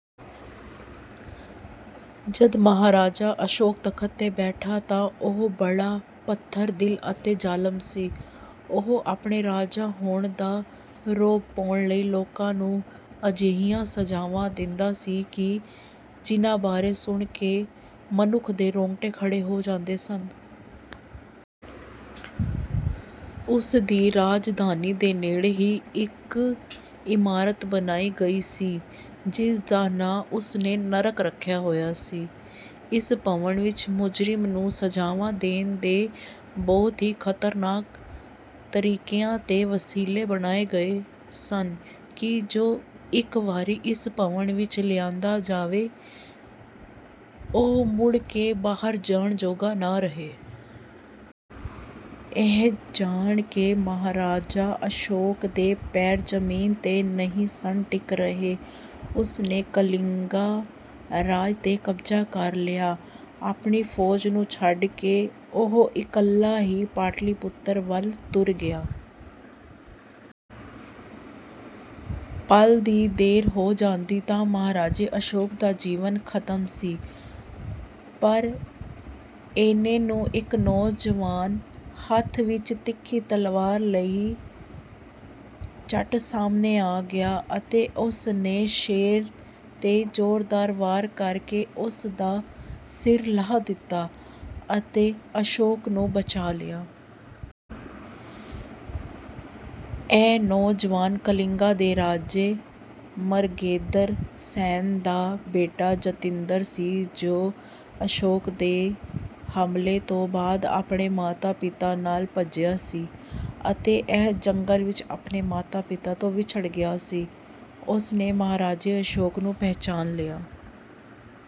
ਜਦ ਮਹਾਰਾਜਾ ਅਸ਼ੋਕ ਤਖ਼ਤ 'ਤੇ ਬੈਠਾ ਤਾਂ ਉਹ ਬੜਾ ਪੱਥਰ-ਦਿਲ ਅਤੇ ਜ਼ਾਲਮ ਸੀ। ਉਹ ਆਪਣੇ ਰਾਜਾ ਹੋਣ ਦਾ ਰੋਹਬ ਪਾਉਣ ਲਈ ਲੋਕਾਂ ਨੂੰ ਅਜਿਹੀਆਂ ਸਜ਼ਾਵਾਂ ਦਿੰਦਾ ਸੀ ਕਿ ਜਿਨ੍ਹਾਂ ਬਾਰੇ ਸੁਣ ਕੇ ਮਨੁੱਖ ਦੇ ਰੌਂਗਟੇ ਖੜ੍ਹੇ ਹੋ ਜਾਂਦੇ ਸਨ। ਉਸ ਦੀ ਰਾਜਧਾਨੀ ਦੇ ਨੇੜੇ ਹੀ ਇੱਕ ਇਮਾਰਤ ਬਣਾਈ ਗਈ ਸੀ ਜਿਸ ਦਾ ਨਾਂ ਉਸ ਨੇ 'ਨਰਕ' ਰੱਖਿਆ ਹੋਇਆ ਸੀ। ਇਸ ਭਵਨ ਵਿੱਚ ਮੁਜਰਿਮ ਨੂੰ ਸਜ਼ਾਵਾਂ ਦੇਣ ਦੇ ਬਹੁਤ ਹੀ ਖ਼ਤਰਨਾਕ ਤਰੀਕਿਆਂ ਦੇ ਵਸੀਲੇ ਬਣਾਏ ਗਏ ਸਨ ਕਿ ਜੋ ਇੱਕ ਵਾਰੀ ਇਸ ਭਵਨ ਵਿੱਚ ਲਿਆਂਦਾ ਜਾਵੇ ਉਹ ਮੁੜ ਕੇ ਬਾਹਰ ਜਾਣ ਜੋਗਾ ਨਾ ਰਹੇ। ਇਹ ਜਾਣ ਕੇ ਮਹਾਰਾਜਾ ਅਸ਼ੋਕ ਦੇ ਪੈਰ ਜ਼ਮੀਨ 'ਤੇ ਨਹੀਂ ਸਨ ਟਿਕ ਰਹੇ। ਉਸ ਨੇ ਕਾਲਿੰਗਾ ਰਾਜ 'ਤੇ ਕਬਜ਼ਾ ਕਰ ਲਿਆ। ਆਪਣੀ ਫ਼ੌਜ ਨੂੰ ਛੱਡ ਕੇ ਉਹ ਇਕੱਲਾ ਹੀ ਪਾਟਲੀਪੁੱਤਰ ਵੱਲ ਤੁਰ ਗਿਆ। ਪਲ ਦੀ ਦੇਰ ਹੋ ਜਾਂਦੀ ਤਾਂ ਮਹਾਰਾਜੇ ਅਸ਼ੋਕ ਦਾ ਜੀਵਨ ਖ਼ਤਮ ਸੀ ਪਰ ਏਨੇ ਨੂੰ ਇੱਕ ਨੌਜਵਾਨ ਹੱਥ ਵਿੱਚ ਤਿੱਖੀ ਤਲਵਾਰ ਲਈ ਝੱਟ ਸਾਹਮਣੇ ਆ ਗਿਆ ਅਤੇ ਉਸ ਨੇ ਸ਼ੇਰ 'ਤੇ ਜ਼ੋਰਦਾਰ ਵਾਰ ਕਰ ਕੇ ਉਸ ਦਾ ਸਿਰ ਲਾਹ ਦਿੱਤਾ ਅਤੇ ਅਸ਼ੋਕ ਨੂੰ ਬਚਾ ਲਿਆ। ਇਹ ਨੌਜਵਾਨ ਕਾਲਿੰਗਾ ਦੇ ਰਾਜੇ ਮਰਗੇਂਦਰ ਸੈਨ ਦਾ ਬੇਟਾ ਜਤਿੰਦਰ ਸੀ ਜੋ ਅਸ਼ੋਕ ਦੇ ਹਮਲੇ ਤੋਂ ਬਾਅਦ ਆਪਣੇ ਮਾਤਾ-ਪਿਤਾ ਨਾਲ਼ ਭੱਜਿਆ ਸੀ ਅਤੇ ਇਹ ਜੰਗਲ ਵਿੱਚ ਆਪਣੇ ਮਾਤਾ-ਪਿਤਾ ਤੋਂ ਵਿਛੜ ਗਿਆ ਸੀ। ਉਸ ਨੇ ਮਹਾਰਾਜੇ ਅਸ਼ੋਕ ਨੂੰ ਪਹਿਚਾਣ ਲਿਆ।